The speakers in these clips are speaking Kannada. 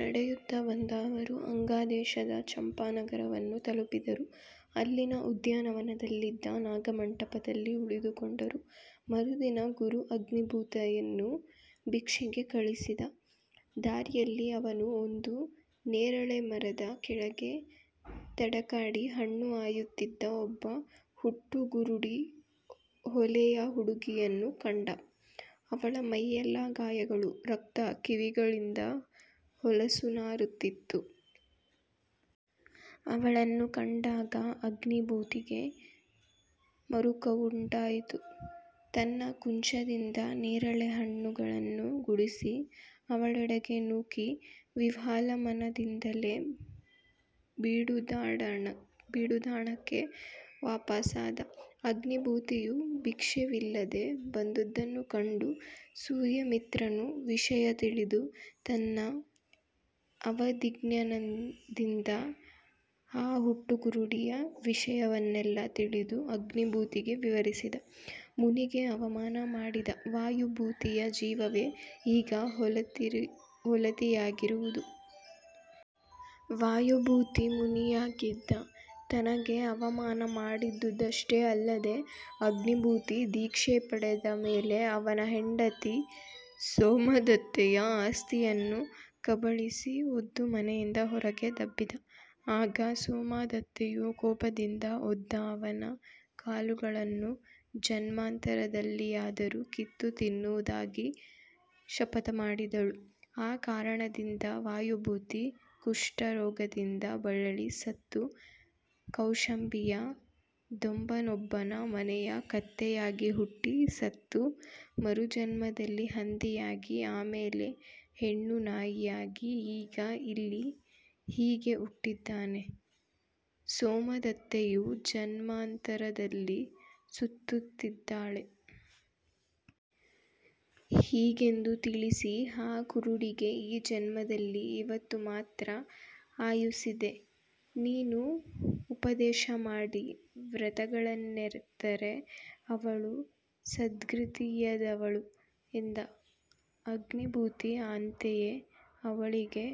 ನಡೆಯುತ್ತ ಬಂದ ಅವರು ಅಂಗದೇಶದ ಚಂಪಾನಗರವನ್ನು ತಲುಪಿದರು. ಅಲ್ಲಿನ ಉದ್ಯಾನವನದಲ್ಲಿದ್ದ ನಾಗಮಂಟಪದಲ್ಲಿ ಉಳಿದುಕೊಂಡರು. ಮರುದಿನ ಗುರು ಅಗ್ನಿಭೂತಿಯನ್ನು ಭಿಕ್ಷೆಗೆ ಕಳಿಸಿದ. ದಾರಿಯಲ್ಲಿ ಅವನು ಒಂದು ನೇರಳೆ ಮರದ ಕೆಳಗೆ ತಡಕಾಡಿ ಹಣ್ಣು ಆಯುತ್ತಿದ್ದ ಒಬ್ಬ ಹುಟ್ಟುಗುರುಡಿ ಹೊಲೆಯ ಹುಡುಗಿಯನ್ನು ಕಂಡ, ಅವಳ ಮೈಯೆಲ್ಲ ಗಾಯಗಳು ರಕ್ತ ಕೀವುಗಳಿಂದ ಹೊಲಸು ನಾರುತ್ತಿತ್ತು. ಅವಳನ್ನು ಕಂಡಾಗ ಅಗ್ನಿಭೂತಿಗೆ ಮರುಕವುಂಟಯಿತು, ತನ್ನ ಕುಂಚದಿಂದ ನೇರಿಳೆ ಹಣ್ಣುಗಳನ್ನು ಗುಡಿಸಿ ಅವಳೆಡೆಗೆ ನೂಕಿ ವಿಹ್ವಲಮನದಿಂದಲೇ ಬೀಡುದಾಣಕ್ಕೆ ವಾಪಸಾದ. ಅಗ್ನಿಭೂತಿಯು ಭಿಕ್ಷವಿಲ್ಲದೆ ಬಂದುದನ್ನು ಕಂಡು ಸೂರ್ಯಮಿತ್ರನು ವಿಷಯ ತಿಳಿದು ತನ್ನ ಅವಧಿಜ್ಞಾನದಿಂದ ಆ ಹುಟ್ಟುಗುರುಡಿಯ ವಿಷಯವನ್ನೆಲ್ಲ ತಿಳಿದು ಅಗ್ನಿಭೂತಿಗೆ ವಿವರಿಸದ; ಮುನಿಗೆ ಅವಮಾನ ಮಾಡಿದ ವಾಯುಭೂತಿಯ ಜೀವವೇ ಈಗ ಹೊಲತಿಯಾಗಿರುವುದು. ವಾಯುಭೂತಿ ಮುನಿಯಾಗಿದ್ದ ತನಗೆ ಅವಮಾನ ಮಾಡಿದುದಷ್ಟೇ ಅಲ್ಲದೆ, ಅಗ್ನಿಭೂತಿ ದೀಕ್ಷೆ ಪಡೆದ ಮೇಲೆ ಅವನ ಹೆಂಡತಿ ಸೋಮದತ್ತೆಯ ಅಸ್ತಿಯನ್ನು ಕಬಳಿಸಿ ಒದ್ದು ಮನೆಯಿಂದ ಹೊರಗೆ ದಬ್ಬಿದ. ಆಗ ಸೋಮದತ್ತೆಯು ಕೋಪದಿಂದ ಒದ್ದ ಅವನ ಕಾಲುಗಳನ್ನು ಜನ್ಮಾಂತರದಲ್ಲಿಯಾದರೂ ಕಿತ್ತು ತಿನ್ನುವುದಾಗಿ ಶಪಥಮಾಡಿದಳು. ಆ ಕಾರಣದಿಂದ ವಾಯುಭೂತಿ ಕುಷ್ಠ ರೋಗದಿಂದ ಬಳಲಿ ಸತ್ತು, ಕೌಶಂಬಿಯ ದೊಂಬನೊಬ್ಬನ ಮನೆಯ ಕತ್ತೆಯಾಗಿ ಹುಟ್ಟಿ ಸತ್ತು, ಮರುಜನ್ಮದಲ್ಲಿ ಹಂದಿಯಾಗಿ, ಆಮೇಲೆ ಹೆಣ್ಣು ನಾಯಿಯಾಗಿ, ಈಗ ಇಲ್ಲಿ ಹೀಗೆ ಉಟ್ಟಿದ್ದಾನೆ; ಸೋಮದತ್ತೆಯೂ ಜನ್ಮಾಂತರದಲ್ಲಿ ಸುತ್ತುತ್ತಿದ್ದಾಳೆ. ಹೀಗೆಂದು ತಿಳಿಸಿ "ಆ ಕುರುಡಿಗೆ ಈ ಜನ್ಮದಲ್ಲಿ ಇವತ್ತು ಮಾತ್ರ ಆಯುಸ್ಸಿದೆ. ನೀನು ಉಪದೇಶಮಾಡಿ ವ್ರತಗಳನ್ನಿತ್ತರೆ ಅವಳು ಸದ್ಗತಿಯೈದವಳು" ಎಂದ. ಅಗ್ನಿಭೂತಿ ಅಂತೆಯೇ ಅವಳಿಗೆ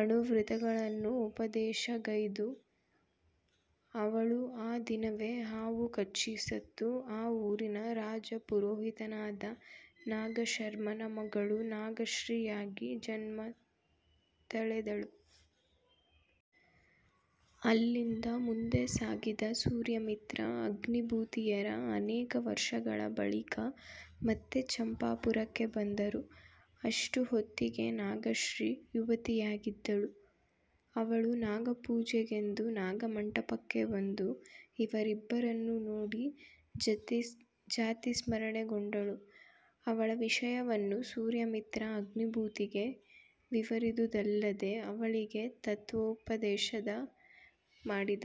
ಅಣುವ್ರತಗಳನ್ನು ಉಪದೇಶಗೈದು. ಅವಳು ಆ ದಿನವೇ ಹಾವು ಕಚ್ಚಿ ಸತ್ತು, ಆ ಊರಿನ ರಾಜಪುರೋಹಿತನಾದ ನಾಗಶರ್ಮನ ಮಗಳು ನಾಗಶ್ರೀಯಾಗಿ ಜನ್ಮ ತಳೆದಳು. ಅಲ್ಲಿಂದ ಮುಂದೆ ಸಾಗಿದ ಸೂರ್ಯಮಿತ್ರ – ಅಗ್ನಿಭೂತಿಯರು ಅನೇಕ ವರ್ಷಗಳ ಬಳಿಕ ಮತ್ತೆ ಚಂಪಾಪುರಕ್ಕೆ ಬಂದರು. ಅಷ್ಟು ಹೊತಿಗೆ ನಾಗಶ್ರೀ ಯುವತಿಯಾಗಿದ್ದಳು. ಅವಳು ನಾಗ ಪೂಜೆಗೆಂದು ನಾಗ ಮಂಟಪಕ್ಕೆ ಬಂದು ಇವರಿಬ್ಬರನ್ನೂ ನೋಡಿ ಜಾತಿಸ್ಮರಣೆಗೊಂಡಳು. ಅವಳ ವಿಷಯವನ್ನು ಸೂರ್ಯಮಿತ್ರ ಆಗ್ನಿಭೂತಿಗೆ ವಿವರಿದುದಲ್ಲದೆ, ಅವಳಿಗೆ ತತ್ವೋಪದದೇಶ ಮಾಡಿದ.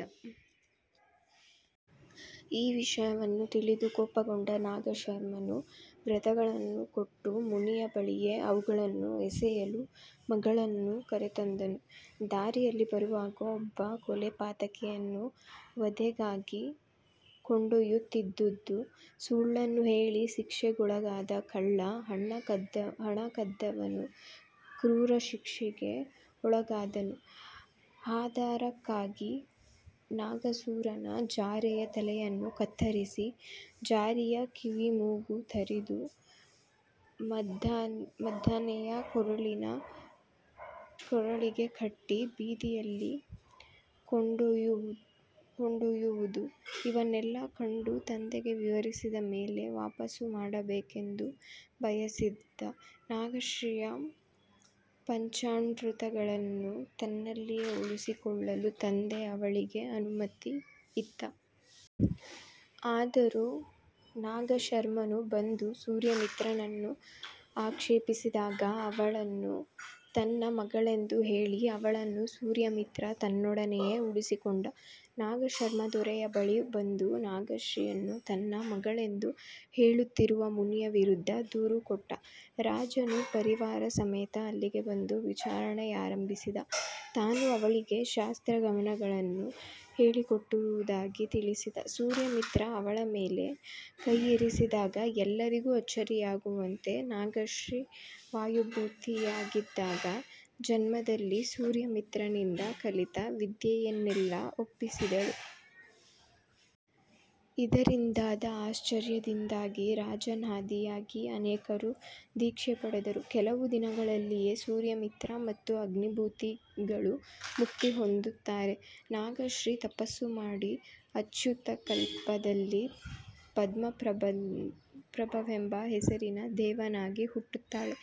ಆ ವಿಷಯವನ್ನು ತಿಳಿದು ಕೋಪಗೊಂಡ ನಾಗಶರ್ಮನು ವ್ರತಗಳನ್ನು ಕೊಟ್ಟ ಮುನಿಯ ಬಳಿಯೇ ಅವುಗಳನ್ನು ಎಸೆಯಲು ಮಗಳನ್ನು ಕರೆತಂದ. ದಾರಿಯಲ್ಲಿ ಬರುವಾಗ ಒಬ್ಬ ಕೊಲೆಪಾತಕಿಯನ್ನು ವಧೆಗಾಗಿ ಕೊಂಡೆಯ್ಯುತ್ತಿದ್ದುದು, ಸುಳ್ಳನ್ನು ಹೇಳಿ ಶಿಕ್ಷೆಗೊಳಗಾದ ಕಳ್ಳ, ಹಣ ಕದ್ದವನು ಕ್ರೂರ ಶಿಕ್ಷೆಗೆ ಒಳಗಾದದ್ದು, ಹಾದರಕ್ಕಾಗಿ ನಾಗಸೂರನ ಜಾರೆಯ ತಲೆಯನ್ನು ಕತ್ತರಿಸಿ ಜಾರೆಯ ಕಿವಿಮೂಗು ತರಿದು ಮದ್ದಾನೆಯ ಕೊರಳಿಗೆ ಕಟ್ಟಿ ಬೀದಿಯಲ್ಲಿ ಕೊಂಡೊಯ್ಯುವುದು – ಇವನ್ನೆಲ್ಲ ಕಂಡು ತಂದೆಗೆ ವಿವರಿಸಿದ ಮೇಲೆ ವಾಪಸು ಮಾಡಬೇಕೆಂದು ಬಯಸಿದ್ದ ನಾಗಶ್ರೀಯ ಪಂಚಾಣುವ್ರತಗಳನ್ನು ತನ್ನಲ್ಲಿಯೇ ಉಳಿಸಿಕೊಳ್ಳಲು ತಂದೆ ಅವಳಿಗೆ ಅನುಮತಿಯಿತ್ತ. ಆದರೂ ನಾಗಶರ್ಮನು ಬಂದು ಸೂರ್ಯಮಿತ್ರನನ್ನು ಅಕ್ಷೇಪಿಸಿದಾಗ ಅವಳನ್ನು ತನ್ನ ಮಗಳೆಂದು ಹೇಳಿ ಅವಳನ್ನು ಸೂರ್ಯಮಿತ್ರ ತನ್ನೊಡನೆಯೇ ಉಳಿಸಿಕೊಂಡ. ನಾಗಶರ್ಮ ದೊರೆಯ ಬಳಿ ಬಂದು ನಾಗಶ್ರೀಯನ್ನು ತನ್ನ ಮಗಳೆಂದು ಹೇಳುತ್ತಿರುವ ಮುನಿಯ ವಿರುದ್ಧ ದೂರು ಕೊಟ್ಟ. ರಾಜನು ಪರಿವಾರಸಮೇತ ಅಲ್ಲಿಗೆ ಬಂದು ವಿಚಾರಣೆಯಾರಂಬಿಸಿದ. ತಾನು ಅವಳಿಗೆ ಶಾಸ್ತ್ರಾಗಮಗಳನ್ನು ಹೇಳಿಕೊಟ್ಟಿರುವುದಾಗಿ ತಿಳಿಸಿದ ಸೂರ್ಯಮಿತ್ರ ಅವಳ ಮೇಲೆ ಕೈಯಿರಿಸಿದಾಗ, ಎಲ್ಲರಿಗೂ ಅಚ್ಚರಿಯಾಗುವಂತೆ, ನಾಗಶ್ರೀ ವಾಯುಭೂತಿಯಾಗಿದ್ದಾಗಿನ ಜನ್ಮದಲ್ಲಿ ಸೂರ್ಯಮಿತ್ರನಿಂದ ಕಲಿತ ವಿದ್ಯೆಯನ್ನೆಲ್ಲ ಒಪ್ಪಿಸಿದಳು. ಇದರಿಂದಾದ ಆಶ್ಚರ್ಯದಿಂದಾಗಿ ರಾಜನಾದಿಯಾಗಿ ಅನೇಕರು ದೀಕ್ಷೆ ಪಡೆದರು. ಕೆಲವು ದಿನಗಳಲ್ಲಿಯೇ ಸೂರ್ಯಮಿತ್ರ ಮತ್ತು ಅಗ್ನಿಬೂತಿಗಳು ಮುಕ್ತಿ ಹೊಂದುತ್ತಾರೆ. ನಾಗಶ್ರೀ ತಪಸ್ಸು ಮಾಡಿ ಅಚ್ಯುತಕಲ್ಪದಲ್ಲಿ ಪದ್ಮಪ್ರಭನೆಂಬ ಹೆಸರಿನ ದೇವನಾಗಿ ಹುಟ್ಟುತ್ತಾಳೆ.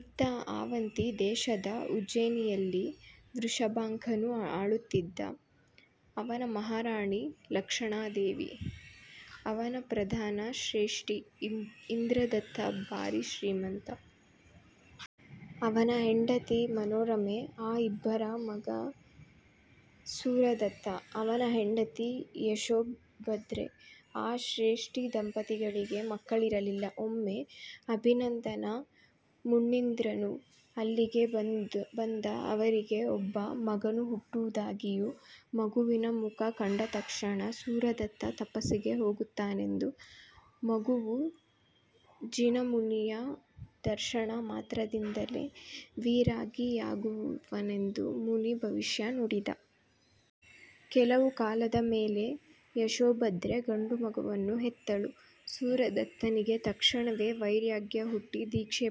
ಇತ್ತ, ಆವಂತಿ ದೇಶದ ಉಜ್ಜೇನಿಯಲ್ಲಿ ವೃಷಭಾಂಕನು ಆಳುತ್ತಿದ್ದ; ಅವನ ಮಹಾರಾಣಿ ಲಕ್ಷಣಾದೇವಿ. ಅವನ ಪ್ರಧಾನ ಶ್ರೇಷ್ಠಿ ಇಂದ್ರದತ್ತ, ಭಾರಿ ಶ್ರೀಮಂತ. ಅವನ ಹೆಂಡತಿ ಮನೋರಮೆ. ಆ ಇಬ್ಬರ ಮಗ ಸೂರದತ್ತ; ಅವನ ಹೆಂಡತಿ ಯಶೋಭದ್ರೆ. ಆ ಶ್ರೇಷ್ಠಿ ದಂಪತಿಗಳಿಗೆ ಮಕ್ಕಳಿರಲಿಲ್ಲ. ಒಮ್ಮೆ ಅಭಿನಂದನ ಮುಣೀಂದ್ರನು ಅಲ್ಲಿಗೆ ಬಂದ ಅವರಿಗೆ ಒಬ್ಬ ಮಗನು ಹುಟ್ಟುವುದಾಗಿಯೂ, ಮಗುವಿನ ಮುಖ ಕಂಡ ತಕ್ಷಣ ಸೂರದತ್ತ ತಪಸ್ಸಿಗೆ ಹೋಗುತ್ತಾನೆಂದೂ, ಮಗುವೂ ಜಿನಮುನಿಯ ದರ್ಶನ ಮಾತ್ರದಿಂದಲೇ ವಿರಾಗಿಯಾಗುವನೆಂದೂ ಮುನಿ ಭವಿಷ್ಯ ನುಡಿದ. ಕೆಲವು ಕಾಲದ ಮೇಲೆ ಯಶೋಭದ್ರೆ ಗಂಡು ಮಗುವನ್ನು ಹೆತ್ತಳು; ಸೂರದತ್ತನಿಗೆ ತಕ್ಷಣವೇ ವೈರಾಗ್ಯ ಹುಟ್ಟಿ ದೀಕ್ಷೆ ಪಡೆದ.